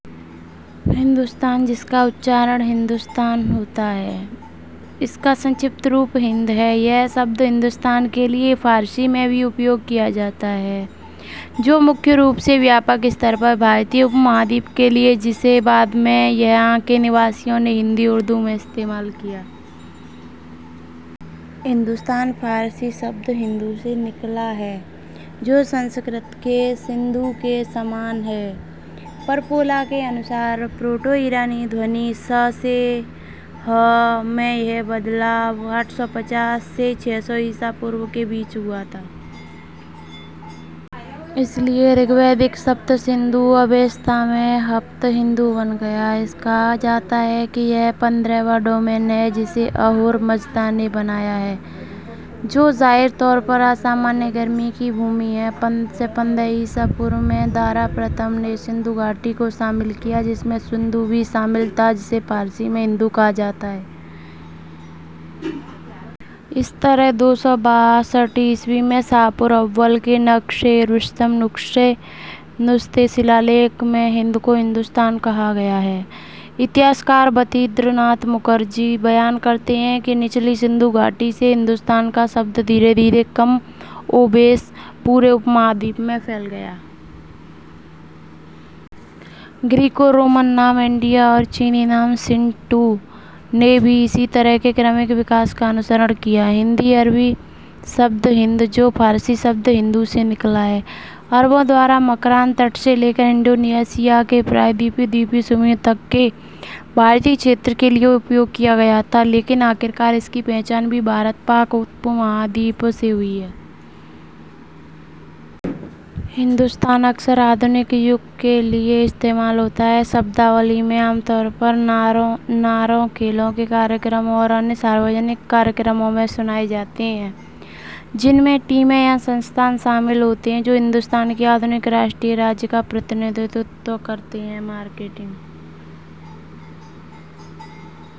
ہندوستان، جس کا تلفظ ہِندوستان سے ہوتا ہے، اس کی مختصر شکل ہند ہے، جو ہندوستان کے لیے فارسی میں بھی مستعمل ہے، بڑے پیمانے پر برصغیرِ ہند؛ جسے بعد میں اس کے باشندوں نے ہندی–اردو میں استعمال کیا۔ ہندستان فارسی لفظ ہندو سے ماخوذ ہے، جو سنسکرت کے سندھو کے مشابہ ہے۔ آسکو پرپولا کے مطابق پروٹو ایرانی آواز س سے ہ میں تبدیلی آٹھ سو پچاس سے چھ سو قبل مسیح کے درمیان واقع ہوئی۔ لہٰذا، رگ ویدی سپت سندھو اوستا میں ہپت ہندو بن گیا۔ کہا جاتا ہے کہ یہ "پندرھواں ڈومین" ہے، جسے اہورا مزدا نے بنایا ہے، بظاہر "غیر معمولی گرمی" کی سرزمین۔ پانچ سو پندرہ قبل مسیح میں دارا اول نے وادیٔ سندھ کو شامل کیا، جس میں سندھو بھی شامل تھا، جسے فارسی میں ہندو کہا جاتا ہے۔ اسی طرح دو سو باسٹھ عیسوی میں شاہپور اول کے نقشِ رستم نوشتہ میں سندھ کو ہندوستان کہا گیا ہے۔ مورخ برتندر ناتھ مکھرجی بیان کرتے ہیں کہ زیریں سندھ طاس سے "ہندوستان" کی اصطلاح آہستہ آہستہ "کم و بیش پورے برصغیر میں پھیل گئی"۔ گریکو رومن نام "انڈیا" اور چینی نام "شین ٹو" نے بھی اسی طرح کے ارتقا کی پیروی کی۔ عربی اصطلاح ہند، جو فارسی ہندو سے ماخوذ ہے، عربوں نے مکران کے ساحل سے انڈونیشیا کے جزیرہ نما تک ہندوستانی خطے کے لیے استعمال کی تھی، لیکن آخرکار اس کی شناخت بھی برصغیرِ پاک و ہند سے ہوئی۔ "ہندوستان" اکثر جدید دور کے جمہوریۂ ہند کے لیے استعمال ہوتا ہے۔ اصطلاح میں شامل نعرے عام طور پر کھیلوں کے پروگراموں اور دیگر عوامی پروگراموں میں سنائے جاتے ہیں، جن میں ٹیمیں یا ادارے شامل ہوتے ہیں، جو ہندوستان کی جدید قومی ریاست کی نمائندگی کرتے ہیں۔ مارکیٹنگ...